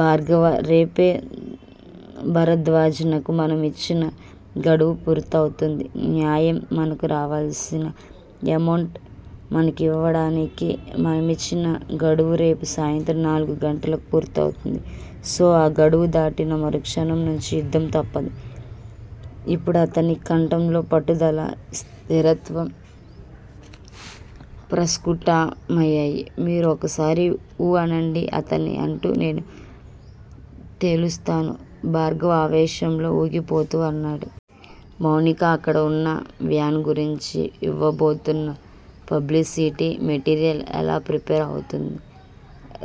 భార్గవా! రేపే భరద్వాజనకు మనం యిచ్చిన గడువు పూర్తవుతుంది. న్యాయం మనకు రావాల్సిన ఎమౌంట్ మనకివ్వడానికి మనమిచ్చిన గడువు రేపు సాయంత్రం నాలుగు గంటలకు పూర్తవుతుంది సో ఆ గడువు దాటిన మరుక్షణం నుంచి యుద్ధం తప్పదు ఇప్పుడతని కంఠంలో పట్టుదల, స్థిరత్వం ప్రస్ఫుటమయ్యాయి. మీరొక్కసారి ఊ అనండి అతని అంతు నేను తేలుస్తాను భార్గవ ఆవేశంలో ఊగిపోతూ అన్నాడు. మౌనిక అక్కడ వున్నా, వ్యాన్ గురించి యివ్వబోతున్న పబ్లిసిటీ మెటీరియల్ ఎలా ప్రిపేర్ అవుతుంది?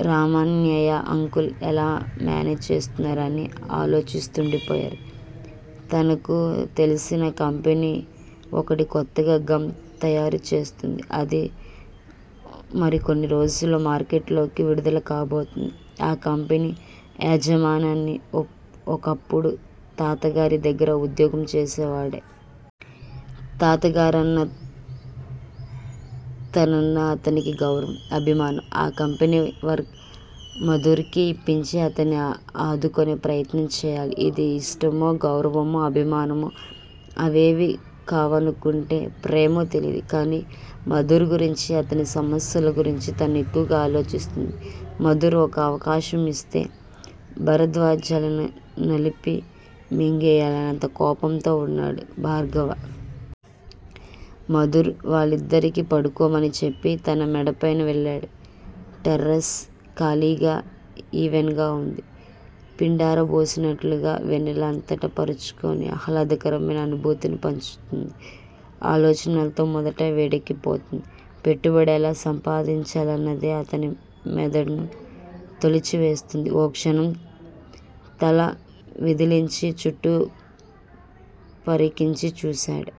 రమణ్యయ్య అంకుల్ ఎలా మేనేజ్ చేస్తున్నారు అని ఆలోచిస్తూండిపోయింది. తనకు తెల్సిన కంపెనీ ఒకటి కొత్తగా గమ్ తయారుచేస్తుంది అది మరికొన్ని రోజుల్ల మార్కెట్లోకి విడుదల కాబోతోంది. ఆ కంపెనీ యజమాని ఒక ఒకప్పుడు తాతగారి దగ్గర ఉద్యోగం చేసేవాడే. తాతగారన్నా, తనన్నా అతనికి గౌరవం, అభిమానం. ఆ కంపెనీ వర్క్ మాధుర్ కి యిప్పించి అతన్ని ఆదుకొనే ప్రయత్నం చేయాలి. ఇది ఇష్టమో, గౌరవమో, అభిమానమో అవేవీ కావనుకుంటే ప్రేమో తెలీదు. కానీ మాధుర్ గురించి, అతని సమస్యల గురించి తను ఎక్కువగా ఆలోచిస్తోంది. మాధుర్ ఒక్క అవకాశం యిస్తే, భరద్వాజల్ని నలిపి మింగేయాలన్నంత కోపంతో వున్నాడు భార్గవ. మాధుర్ వాళ్ళిద్దరికి పడుకోమని చెప్పి, తన మేడపైన వెళ్ళాడు. టెర్రెస్ ఖాళీగా, ఈవెన్ గా వుంది. పిండారబోసినట్లుగా వెన్నెల అంతట పరచుకుని ఆహ్లాదకరమైన అనుభూతిని పంచుతోంది. ఆలోచనలతో మొదట వేడెక్కిపోతోంది. పెట్టుబడి ఎలా సంపాదించాలన్నదే అతని మెదడును తొలిచివేస్తోంది. ఓ క్షణం తల విదిలించి చుట్టూ పరికించి చూశాడు.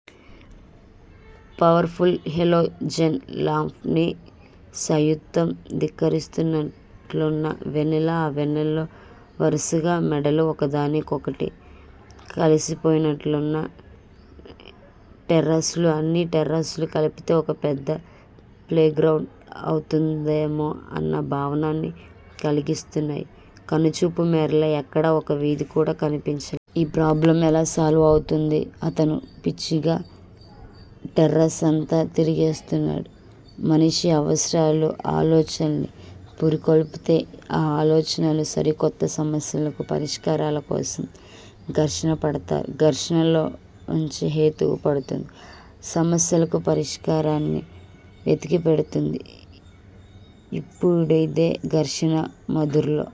Powerful halogen lamp ని సయితం ధిక్కరిస్తున్నట్లున్న వెన్నెల ఆ వెన్నెల్లో వరుసగా మేడలు ఒకదానికొకటి కలిసిపోయినట్లున్న టెర్రెస్ లు అన్ని టెర్రెస్ లు కలిపితే ఓ పెద్ద ప్లేగ్రౌండ్ అవుతుందేమోఅన్న భావానన్ని కల్గిస్తున్నాయి. కనుచూపు మేరలో ఎక్కడా ఒక్క వీధి కూడా కనిపించ. ఈ ప్రాబ్లమ్ ఎలా సాల్వ్ అవుతుంది? అతను పిచ్చిగా టెర్రస్ అంతా తిరిగేస్తున్నాడు. మనిషి అవసరాలు ఆలోచనల్ని పురికొల్పితే ఆ ఆలోచనలు సరికొత్త సమస్యలకు పరిష్కారాల కోసం ఘర్షణ పడతాయి. ఘర్షణలో ఉంచే హేతువు పుడుతుంది. సమస్యలకు పరిష్కారాన్ని వెతికిపెడుతుంది. ఇప్పుడిదే ఘర్షణ మాధుర్ లో